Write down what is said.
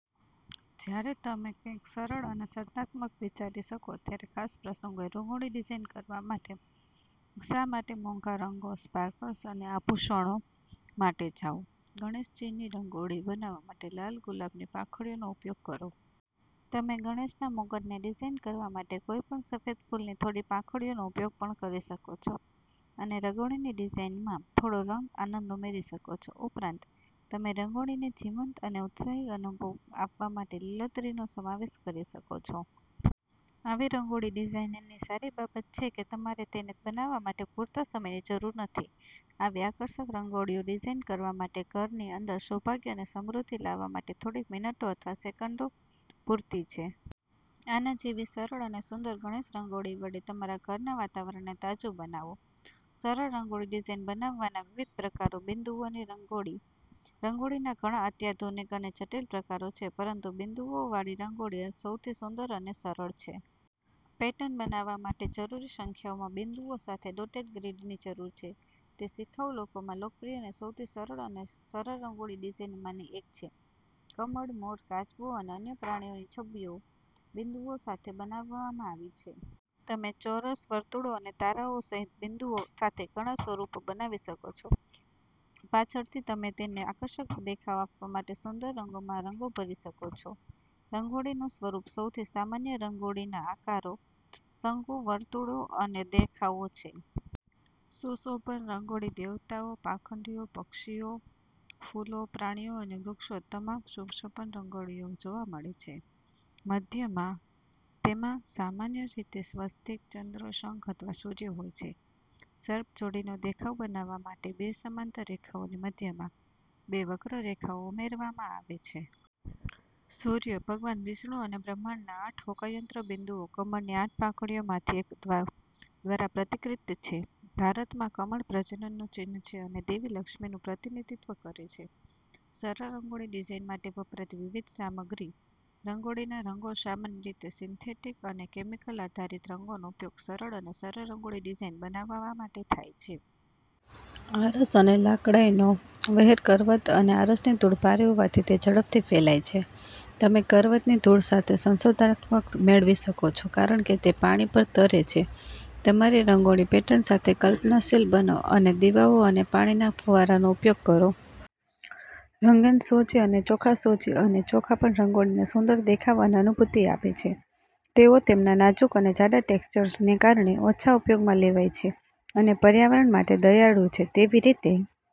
જ્યારે તમે કંઈક સરળ અને સર્જનાત્મક વિચારી શકો ત્યારે ખાસ પ્રસંગોએ રંગોળી ડિઝાઇન કરવા માટે શા માટે મોંઘા રંગો, સ્પાર્કલ્સ અને આભૂષણો માટે જાવ? ગણેશજીને રંગોળી બનાવવા માટે લાલ ગુલાબની પાંખડીઓનો ઉપયોગ કરો. તમે ગણેશના મુગટને ડિઝાઇન કરવા માટે કોઈપણ સફેદ ફૂલની થોડી પાંખડીઓનો ઉપયોગ પણ કરી શકો છો અને રંગોળીની ડિઝાઇનમાં થોડો રંગ આનંદ ઉમેરી શકો છો. ઉપરાંત, તમેરંગોળીને જીવંત અને ઉત્સાહી અનુભવ આપવા માટે લીલોતરીનો સમાવેશ કરી શકો છો. આવી રંગોળી ડિઝાઇનની સારી બાબતછે કે તમારે તેને બનાવવા માટે પૂરતા સમયની જરૂર નથી. આવી આકર્ષક રંગોળીઓ ડિઝાઇન કરવા અને ઘરની અંદર સૌભાગ્ય અને સમૃદ્ધિ લાવવા માટે થોડીક મિનિટો અથવા તો સેકન્ડ પૂરતી છે. આના જેવી સરળ અને સુંદર ગણેશ રંગોળી વડે તમારા ઘરના વાતાવરણને તાજું બનાવો સરળ રંગોળી ડિઝાઇન બનાવવાના વિવિધ પ્રકારો બિંદુઓની રંગોળીરંગોળીના ઘણા અત્યાધુનિક અને જટિલ પ્રકારો છે, પરંતુ બિંદુઓવાળી રંગોળી સૌથી સુંદર અને સરળ છે. પેટર્ન બનાવવા માટે જરૂરી સંખ્યામાં બિંદુઓ સાથે ડોટેડ ગ્રીડની જરૂર છે. તે શિખાઉ લોકોમાં લોકપ્રિય સૌથી સરળ અને સરળ રંગોળી ડિઝાઇનમાંની એક છે. કમળ, મોર, કાચબો અને અન્ય પ્રાણીઓની છબીઓ બિંદુઓ સાથે બનાવવામાં આવી છે. તમે ચોરસ, વર્તુળો અને તારાઓ સહિત બિંદુઓ સાથે ઘણા સ્વરૂપો બનાવી શકો છો. પાછળથી, તમે તેને આકર્ષક દેખાવ આપવા માટે સુંદર રંગોમાં રંગો ભરી શકો છો. રંગોળીનું સ્વરૂપસૌથી સામાન્ય રંગોળીના આકારો શંકુ, વર્તુળો અને રેખાઓ છે. સુશોભન રંગોળીદેવતાઓ, પાંખડીઓ, પક્ષીઓ, ફૂલો, પ્રાણીઓ અને વૃક્ષો તમામ સુશોભન રંગોળીમાં જોવા મળે છે. મધ્યમાં, તેમાં સામાન્ય રીતે સ્વસ્તિક, ચંદ્ર, શંખ અથવા સૂર્ય હોય છે. સર્પ જોડીનો દેખાવ બનાવવા માટે બે સમાંતર રેખાઓની મધ્યમાં બે વક્ર રેખાઓ ઉમેરવામાં આવે છે. સૂર્ય, ભગવાન વિષ્ણુ અને બ્રહ્માંડના આઠ હોકાયંત્ર બિંદુઓ કમળની આઠ પાંખડીઓમાંથી એક દ્વા દ્વારા પ્રતીકિત છે. ભારતમાં, કમળ પ્રજનનનું ચિહ્ન છે અને દેવી લક્ષ્મીનું પ્રતિનિધિત્વ કરે છે. સરળ રંગોળી ડિઝાઇન માટે વપરાતી વિવિધ સામગ્રી રંગોળીના રંગોસામાન્ય રીતે સિન્થેટીક અને કેમિકલ આધારિત રંગોનો ઉપયોગ સરળ અને સરળ રંગોળી ડિઝાઇન બનાવવા માટે થાય છે. આરસ અને લાકડાંઈ નો વહેરકરવત અને આરસની ધૂળ ભારે હોવાથી તે ઝડપથી ફેલાય છે. તમે કરવતની ધૂળ સાથે સંશોધનાત્મક મેળવી શકો છો કારણ કે તે પાણી પર તરે છે. તમારી રંગોળી પેટર્ન સાથે કલ્પનાશીલ બનો અને દીવાઓ અને પાણીના ફુવારાનો ઉપયોગ કરો. રંગીન સોજી અને ચોખાસોજી અને ચોખા પણ રંગોળીને સુંદર દેખાવ અને અનુભૂતિ આપે છે. તેઓ તેમના નાજુક અને જાડા ટેક્સચરને કારણે ઓછા ઉપયોગમાં લેવાય છે અને પર્યાવરણ માટે દયાળુ છે. તેવીરીતે,